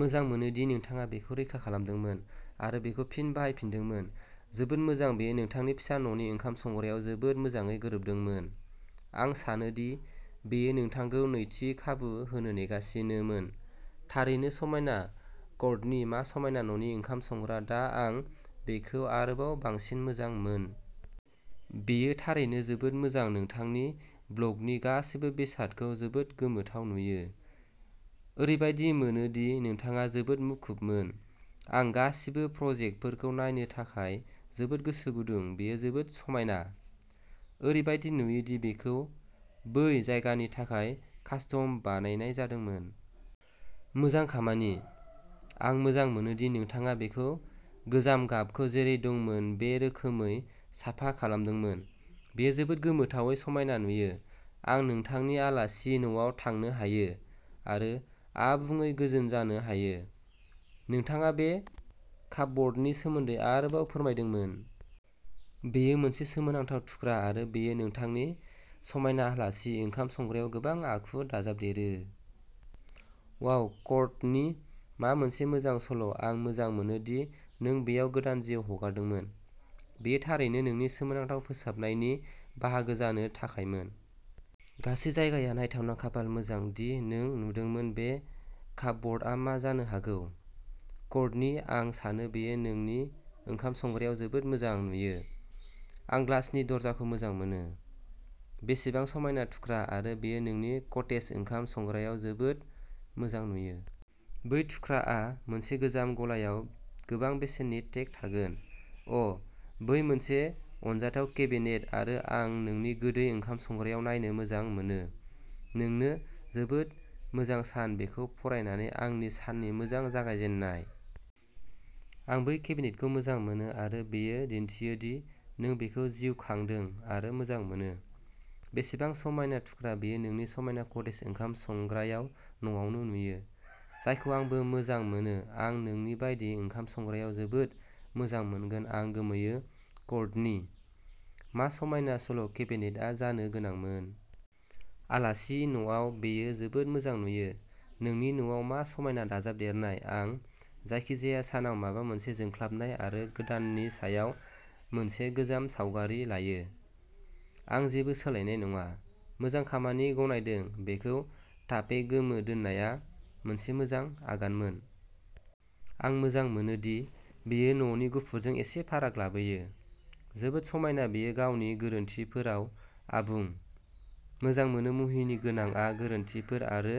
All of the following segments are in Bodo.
मोजां मोनो दि नोंथाङा बेखौ रैखा खालामदोंमोन आरो बेखौ फिन बाहायफिनदोंमोन। जोबोद मोजां बेयो नोंथांनि फिसा न'नि ओंखाम संग्रायाव जोबोद मोजाङै गोरोबदोंमोन। आं सानो दि बेयो नोंथांखौ नैथि खाबु होनो नेगासिनोमोन! थारैनो समायना कर्टनी मा समायना न'नि ओंखाम संग्रा दा आं बेखौ आरोबाव बांसिन मोजां मोन! बेयो थारैनो जोबोद मोजां नोंथांनि ब्ल'गनि गासैबो बेसादखौ जोबोद गोमोथाव नुयो। ओरैबायदि मोनो दि नोंथाङा जोबोद मुखुबमोन। आं गासिबो प्रजेक्टफोरखौ नायनो थाखाय जोबोद गोसो गुदुं। बेयो जोबोद समायना! ओरैबायदि नुयो दि बेखौ बै जायगानि थाखाय कास्टम बानायनाय जादोंमोन। मोजां खामानि। आं मोजां मोनो दि नोंथाङा बेखौ गोजाम गाबखौ जेरै दंमोन बे रोखोमै साफा खालामदोंमोन। बेयो जोबोद गोमोथावै समायना नुयो। आं नोंथांनि आलासि न'आव थांनो हायो आरो आबुङै गोजोन जानो हायो। नोंथाङा बे कापब'र्डनि सोमोन्दै आरोबाव फोरमायदोंमोन। बेयो मोनसे सोमोनांथाव थुख्रा आरो बेयो नोंथांनि समायना आलासि ओंखाम संग्रायाव गोबां आखु दाजाबदेरो। वाव कर्टनी, मा मोनसे मोजां सल’ आं मोजां मोनो दि नों बेयाव गोदान जिउ हगारदोंमोन। बेयो थारैनो नोंनि सोमोनांथाव फोसाबनायनि बाहागो जानो थाखायमोन। गासै जायगाया नायथावना खाफाल मोजां दि नों नुदोंमोन बे कापबर्डआ मा जानो हागौ। कर्टनी आं सानो बेयो नोंनि ओंखाम संग्रायाव जोबोद मोजां नुयो। आं ग्लासनि दरजाखौ मोजां मोनो। बेसेबां समायना थुख्रा, आरो बेयो नोंनि कटेज ओंखाम संग्रायाव जोबोद मोजां नुयो। बै थुख्राआ मोनसे गोजाम गलायाव गोबां बेसेननि टेग थागोन। अ' बै मोनसे अनजाथाव केबिनेट आरो आं नोंनि गोदै ओंखाम संग्रायाव नायनो मोजां मोनो। नोंनो जोबोद मोजां सान बेखौ फरायनानै आंनि साननि मोजां जागायजेननाय। आं बै केबिनेटखौ मोजां मोनो आरो बेयो दिन्थियो दि नों बेखौ जिउ खांदों आरो मोजां मोनो। बेसेबां समायना थुख्रा बेयो नोंनि समायना कटेज ओंखाम संग्रायाव न'आवनो नुयो। जायखौ आंबो मोजां मोनो आं नोंनि बायदि ओंखाम संग्रायाव जोबोद मोजां मोनगोन आं गोमोयो कर्टनी, मा समायना सल' केबिनेटआ जानो गोनांमोन। आलासि न'आव बेयो जोबोद मोजां नुयो नोंनि न'आव मा समायना दाजाबदेरनाय आं जायखिजाया सानाव माबा मोनसे जोंख्लाबनाय आरो गोदाननि सायाव मोनसे गोजाम सावगारि लायो। आं जेबो सोलायनाय नङा। मोजां खामानि गनायदों बेखौ टापे गोमो दोननाया मोनसे मोजां आगानमोन। आं मोजां मोनोदि बेयो न'नि गुफुरजों एसे फाराग लाबोयो। जोबोद समायना बेयो गावनि गोरोनथिफोराव आबुं! मोजां मोनो मुहिनि गोनांआ गोरोनथिफोर आरो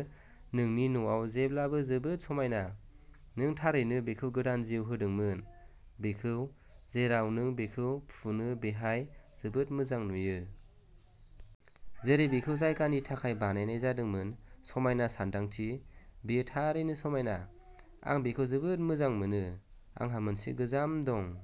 नोंनि न'आव जेब्लाबो जोबोद समायना। नों थारैनो बेखौ गोदान जिउ होदोंमोन बेखौ जेराव नों बेखौ फुनो बेहाय जोबोद मोजां नुयो। जेरै बेखौ जायगानि थाखाय बानायनाय जादोंमोन। समायना सानदांथि। बेयो थारैनो समायना। आं बेखौ जोबोद मोजां मोनो। आंहा मोनसे गोजाम दं।